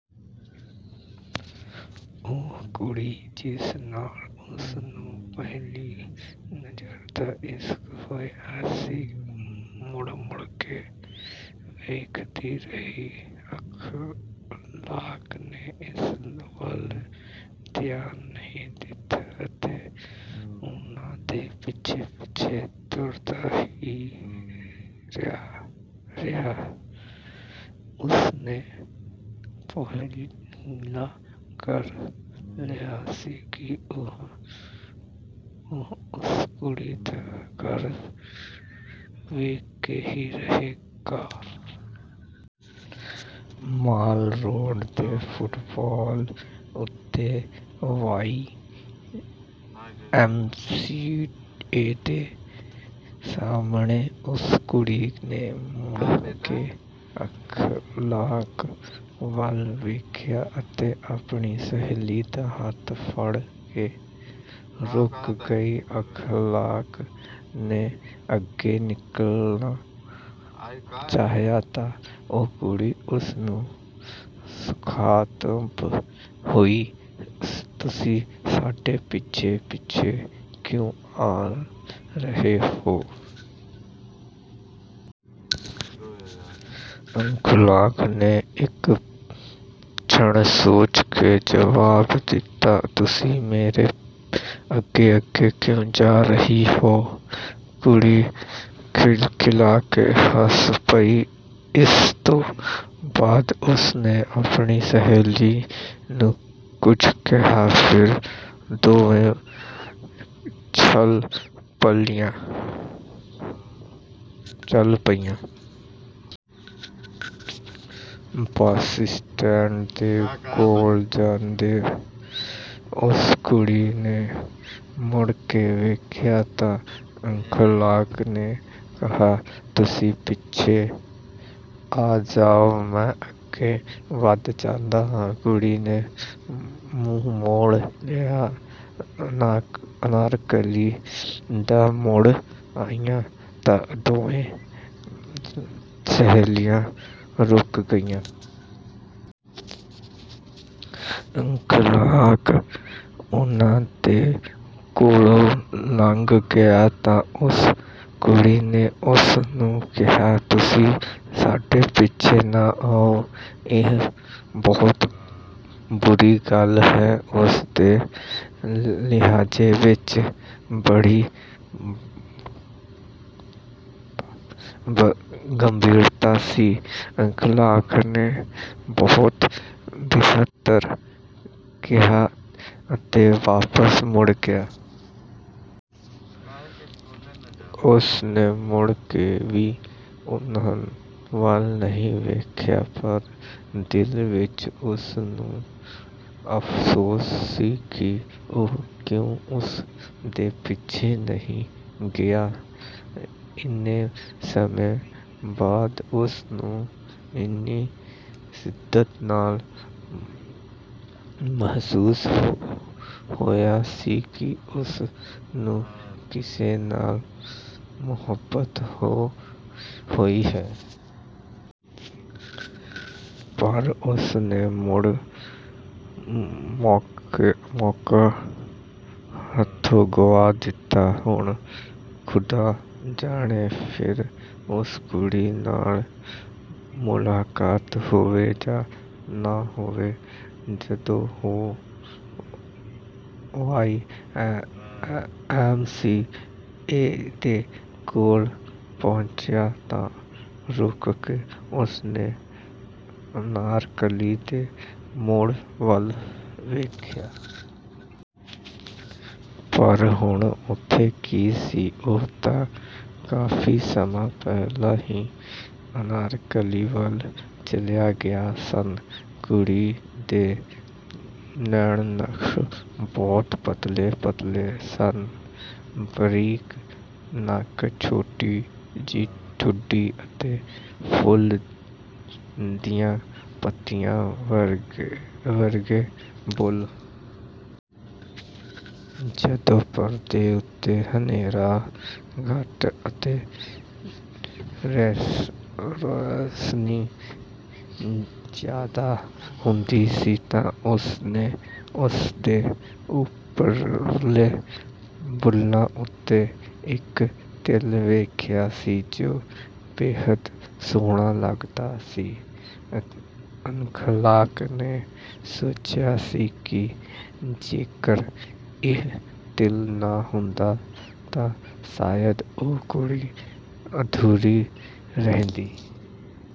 ਉਹ ਕੁੜੀ ਜਿਸ ਨਾਲ ਉਸ ਨੂੰ ਪਹਿਲੀ ਨਜ਼ਰ ਦਾ ਇਸ਼ਕ ਹੋਇਆ ਸੀ ਮੁੜ ਮੁੜ ਕੇ ਵੇਖਦੀ ਰਹੀ। ਅਖ਼ਲਾਕ ਨੇ ਇਸ ਵੱਲ ਧਿਆਨ ਨਹੀਂ ਦਿੱਤਾ ਅਤੇ ਉਨ੍ਹਾਂ ਦੇ ਪਿੱਛੇ ਪਿੱਛੇ ਤੁਰਦਾ ਰਿਹਾ। ਉਸ ਨੇ ਤਹੱਈਆ ਕਰ ਲਿਆ ਸੀ ਕਿ ਉਹ ਉਸ ਕੁੜੀ ਦਾ ਘਰ ਵੇਖ ਕੇ ਹੀ ਰਹੇਗਾ। ਮਾਲ ਰੋਡ ਦੇ ਫੁੱਟਪਾਥ ਉੱਤੇ ਵਾਈ ਐਮ ਸੀ ਏ ਦੇ ਸਾਹਮਣੇ ਉਸ ਕੁੜੀ ਨੇ ਮੁੜ ਕੇ ਅਖ਼ਲਾਕ ਵੱਲ ਵੇਖਿਆ ਅਤੇ ਆਪਣੀ ਸਹੇਲੀ ਦਾ ਹੱਥ ਫੜ ਕੇ ਰੁਕ ਗਈ। ਅਖ਼ਲਾਕ ਨੇ ਅੱਗੇ ਨਿਕਲਣਾ ਚਾਹਿਆ ਤਾਂ ਉਹ ਕੁੜੀ ਉਸ ਨੂੰ ਮੁਖ਼ਾਤਬ ਹੋਈ "ਤੁਸੀਂ ਸਾਡੇ ਪਿੱਛੇ ਪਿੱਛੇ ਕਿਉਂ ਆ ਰਹੇ ਹੋ?" ਅਖ਼ਲਾਕ ਨੇ ਇੱਕ ਛਿਣ ਸੋਚ ਕੇ ਜਵਾਬ ਦਿੱਤਾ "ਤੁਸੀਂ ਮੇਰੇ ਅੱਗੇ ਅੱਗੇ ਕਿਉਂ ਜਾ ਰਹੀਆਂ ਹੋ?" ਕੁੜੀ ਖਿਲਖਿਲਾ ਕੇ ਹੱਸ ਪਈ। ਇਸ ਤੋਂ ਬਾਅਦ ਉਸ ਨੇ ਆਪਣੀ ਸਹੇਲੀ ਨੂੰ ਕੁਝ ਕਿਹਾ ਫਿਰ ਦੋਵੇਂ ਚੱਲ ਪਈਆਂ। ਬੱਸ ਸਟੈਂਡ ਦੇ ਕੋਲ ਜਦੋਂ ਉਸ ਕੁੜੀ ਨੇ ਮੁੜ ਕੇ ਵੇਖਿਆ ਤਾਂ ਅਖ਼ਲਾਕ ਨੇ ਕਿਹਾ "ਤੁਸੀਂ ਪਿੱਛੇ ਆ ਜਾਓ ਮੈਂ ਅੱਗੇ ਵੱਧ ਜਾਂਦਾ ਹਾਂ।" ਕੁੜੀ ਨੇ ਮੂੰਹ ਮੋੜ ਲਿਆ। ਅਨਾਰਕਲੀ ਦਾ ਮੋੜ ਆਇਆ ਤਾਂ ਦੋਵੇਂ ਸਹੇਲੀਆਂ ਰੁਕ ਗਈਆਂ। ਅਖ਼ਲਾਕ ਉਨ੍ਹਾਂ ਦੇ ਕੋਲੋਂ ਲੰਘਣ ਲੱਗਿਆ ਤਾਂ ਉਸ ਕੁੜੀ ਨੇ ਉਸ ਨੂੰ ਕਿਹਾ "ਤੁਸੀਂ ਸਾਡੇ ਪਿੱਛੇ ਨਾ ਆਓ ਇਹ ਬਹੁਤ ਬੁਰੀ ਗੱਲ ਹੈ।" ਉਸ ਦੇ ਲਹਿਜੇ ਵਿੱਚ ਬੜੀ ਗੰਭੀਰਤਾ ਸੀ। ਅਖ਼ਲਾਕ ਨੇ "ਬਹੁਤ ਬਿਹਤਰ" ਕਿਹਾ ਅਤੇ ਵਾਪਸ ਮੁੜ ਗਿਆ। ਉਸ ਨੇ ਮੁੜ ਕੇ ਵੀ ਉਨ੍ਹਾਂ ਵੱਲ ਨਹੀਂ ਵੇਖਿਆ। ਪਰ ਦਿਲ ਵਿੱਚ ਉਸ ਨੂੰ ਅਫ਼ਸੋਸ ਸੀ ਕਿ ਉਹ ਕਿਉਂ ਉਸ ਦੇ ਪਿੱਛੇ ਨਹੀਂ ਗਿਆ। ਇੰਨੇ ਸਮੇਂ ਬਾਅਦ ਉਸ ਨੂੰ ਇੰਨੀ ਸ਼ਿੱਦਤ ਨਾਲ ਮਹਿਸੂਸ ਹੋਇਆ ਸੀ ਕਿ ਉਸ ਨੂੰ ਕਿਸੇ ਨਾਲ ਮੁਹੱਬਤ ਹੋਈ ਹੈ। ਪਰ ਉਸ ਨੇ ਮੌਕਾ ਹੱਥੋਂ ਗੁਆ ਦਿੱਤਾ। ਹੁਣ ਖ਼ੁਦਾ ਜਾਣੇ ਫਿਰ ਉਸ ਕੁੜੀ ਨਾਲ ਮੁਲਾਕਾਤ ਹੋਵੇ ਜਾਂ ਨਾ ਹੋਵੇ। ਜਦੋਂ ਉਹ ਵਾਈ ਐਮ ਸੀ ਏ ਦੇ ਕੋਲ ਪਹੁੰਚਿਆ ਤਾਂ ਰੁਕ ਕੇ ਉਸ ਨੇ ਅਨਾਰਕਲੀ ਦੇ ਮੋੜ ਵੱਲ ਵੇਖਿਆ। ਪਰ ਹੁਣ ਉੱਥੇ ਕੀ ਸੀ? ਉਹ ਤਾਂ ਕਾਫ਼ੀ ਸਮਾਂ ਪਹਿਲਾਂ ਹੀ ਅਨਾਰਕਲੀ ਵੱਲ ਚਲੀਆਂ ਗਈਆਂ ਸਨ। ਕੁੜੀ ਦੇ ਨੈਣ ਨਕਸ਼ ਬਹੁਤ ਪਤਲੇ ਪਤਲੇ ਸਨ। ਬਰੀਕ ਨੱਕ ਛੋਟੀ ਜਿਹੀ ਠੋਡੀ ਅਤੇ ਫੁੱਲ ਦੀਆਂ ਪੱਤੀਆਂ ਵਰਗੇ ਬੁੱਲ੍ਹ। ਜਦੋਂ ਪਰਦੇ ਉੱਤੇ ਹਨੇਰਾ ਘੱਟ ਅਤੇ ਰੌਸ਼ਨੀ ਜ਼ਿਆਦਾ ਹੁੰਦੀ ਸੀ ਤਾਂ ਉਸ ਨੇ ਉਸ ਦੇ ਉਪਰਲੇ ਬੁੱਲ੍ਹ ਉੱਤੇ ਇੱਕ ਤਿਲ ਵੇਖਿਆ ਸੀ ਜੋ ਬੇਹੱਦ ਸੋਹਣਾ ਲੱਗਦਾ ਸੀ। ਅਖ਼ਲਾਕ ਨੇ ਸੋਚਿਆ ਸੀ ਕਿ ਜੇਕਰ ਇਹ ਤਿਲ ਨਾ ਹੁੰਦਾ ਤਾਂ ਸ਼ਾਇਦ ਉਹ ਕੁੜੀ ਅਧੂਰੀ ਰਹਿੰਦੀ।